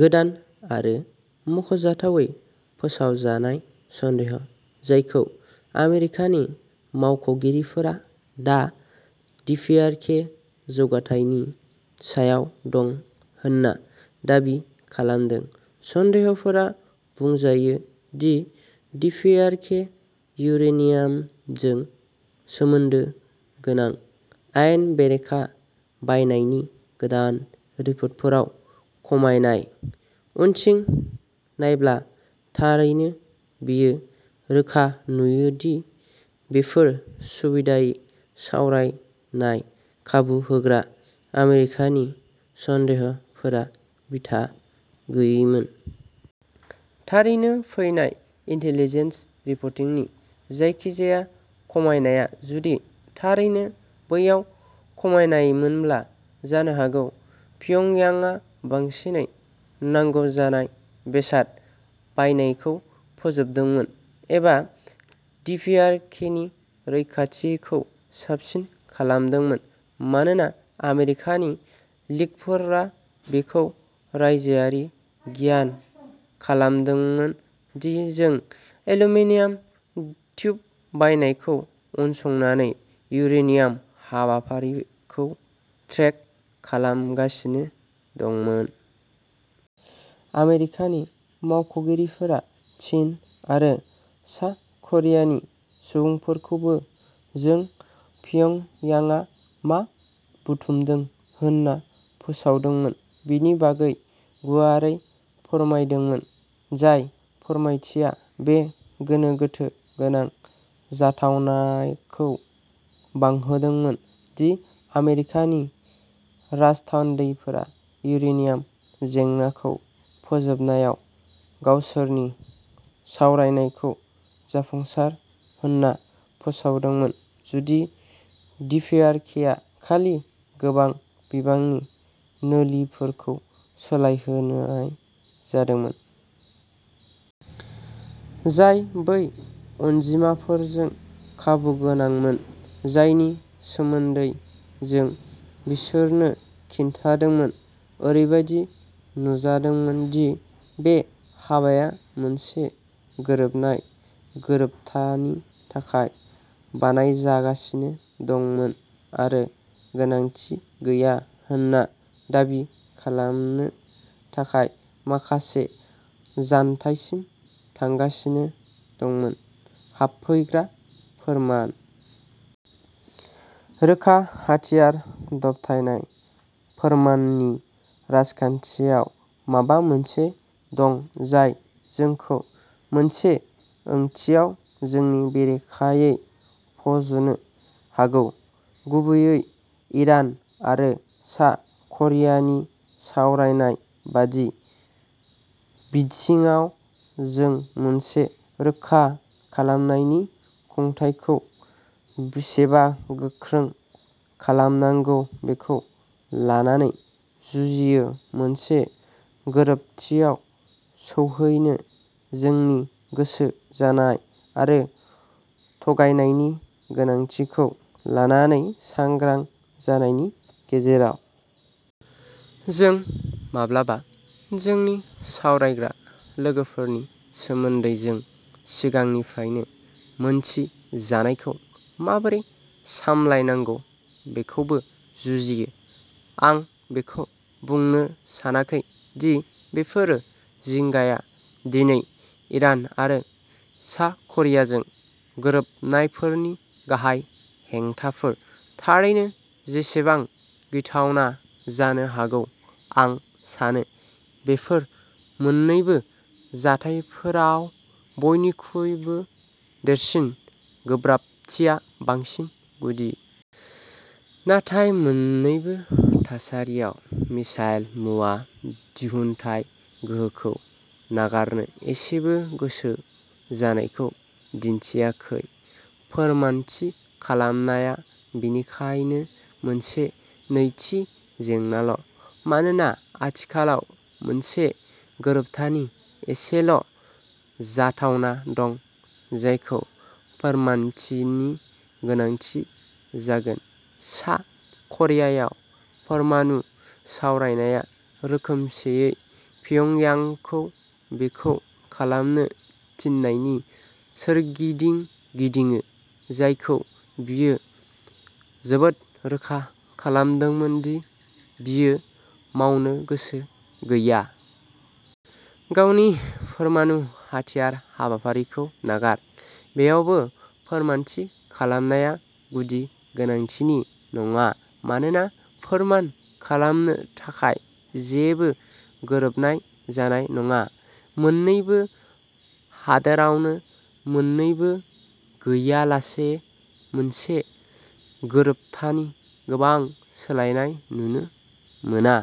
गोदान आरो मख'जाथावै फोसावजानाय “सन्देह" जायखौ आमेरिकानि मावख'गिरिफोरा दा डिपिआरके जौगाथायनि सायाव दं होनना दाबि खालामदों। सन्देहफोरा बुंजायो दि डिपिआरके इउरेनियामजों सोमोन्दो गोनां आयेन बेरेखा बायनायनि गोदान रिपर्टफोराव खमायनाय। उनथिं नायब्ला थारैनो बेयो रोखा नुयो दि बेफोर सुबिदायै सावरायनाय खाबु होग्रा आमेरिकानि "सन्देह" फोरा बिथा गैयैमोन। थारैनो फैनाय इनटेलिजेन्स रिपरटिंनि जायखिजाया खमायनाया जुदि थारैनो बैयाव खमायनायमोनब्ला जानो हागौ प्योंगयांगआ बांसिनै नांगौ जानाय बेसाद बायनायखौ फोजोबदोंमोन एबा डिपिआरकेनि रैखाथिखौ साबसिन खालामदोंमोन मानोना आमेरिकानि लिकफोरा बेखौ रायजोआरि गियान खालामदोंमोन दि जों एल्युमिनियाम टिउब बायनायखौ उनसंनानै इउरेनियाम हाबाफारिखौ ट्रेक खालामगासिनो दंमोन। आमेरिकानि मावख'गिरिफोरा चीन आरो सा-करियानि सुबुंफोरखौबो जों प्योंगयांगआ मा बुथुमदों होनना फोथायदोंमोन बेनि बागै गुवारै फोरमायदोंमोन। जाय फोरमायथिया बे गोनो गोथो गोनां जाथावनाखौ बांहोदोंमोन दि आमेरिकानि राजथान्दैफोरा इउरेनियाम जेंनाखौ फोजोबनायाव गावसोरनि सावरायनायखौ "जाफुंसार" होनना फोसावदोंमोन जुदि डिपिआरकेआ खालि गोबां बिबांनि नोलिफोरखौ सोलायहोनाय जादोंमोन। जाय बै अनजिमाफोरजों खाबुगोनांमोन। जायनि सोमोन्दै जों बिसोरनो खिन्थादोंमोन। ओरैबायदि नुजादोंमोन दि बे हाबाया मोनसे गोरोबनाय गोरोबथानि थाखाय बानायजागासिनो दंमोन आरो गोनांथि गैया होनना दाबि खालामनो थाखाय माखासे जानथायसिम थांगासिनो दंमोन। हाबफैग्रा फोरमान। रोखा हाथियार दबथायनाय फोरमाननि राजखान्थियाव माबा मोनसे दं जाय जोंखौ मोनसे ओंथियाव जोंनि बेरेखायै फज'नो हागौ। गुबैयै इरान आरो सा क'रियानि सावरायनाय बायदि बिथिङाव जों मोनसे रोखा खालामनायनि खुंथाइखौ बेसेबां गोख्रों खालामनांगौ बेखौ लानानै जुजियो, मोनसे गोरोबथियाव सौहैनो जोंनि गोसो जानाय आरो थगायनायनि गोनांथिखौ लानानै सांग्रां जानायनि गेजेराव। जों माब्लाबा जोंनि सावरायग्रा लोगोफोरनि सोमोन्दै जों सिगांनिफ्रायनो मिनथि जानायखौ माबोरै सामलायनांगौ बेखौबो जुजिङो। आं बेखौ बुंनो सानाखै दि बेफोर जिंगाया दिनै इरान आरो सा क'रियाजों गोरोबनायफोरनि गाहाय हेंथाफोर। थारैनो, जेसेबां गिथावना जानो हागौ आं सानो बेफोरो मोननैबो जाथायफोराव बयनिख्रुइबो देरसिन गोब्राबथिया बांसिन गुदि। नाथाय मोननैबो थासारियाव मिसाइल मुवा दिहुनथाय गोहोखौ नागारनो एसेबो गोसो जानायखौ दिन्थियाखै। फोरमानथि खालामनाया बेनिखायनो मोनसे नैथि जेंनाल'। मानोना आथिखालाव मोनसे गोरोबथानि एसेल' जाथावना दं जायखौ फोरमानथिनि गोनांथि जागोन। सा करियायाव परमाणु सावरायनाया रोखोमसेयै प्योंगयांगखौ बेखौ खालामनो थिननायनि सोरगिदिं गिदिङो जायखौ बियो जोबोद रोखा खालामदोंमोन दि बियो मावनो गोसो गैया। गावनि परमाणु हाथियार हाबाफारिखौ नागार। बेयावबो फोरमानथि खालामनाया गुदि गोनांथिनि नङा मानोना फोरमान खालामनो थाखाय जेबो गोरोबनाय जानाय नङा। मोननैबो हादोरावनो मोननैबो गैयालासे मोनसे गोरोबथानि गोबां सोलायनाय नुनो मोना।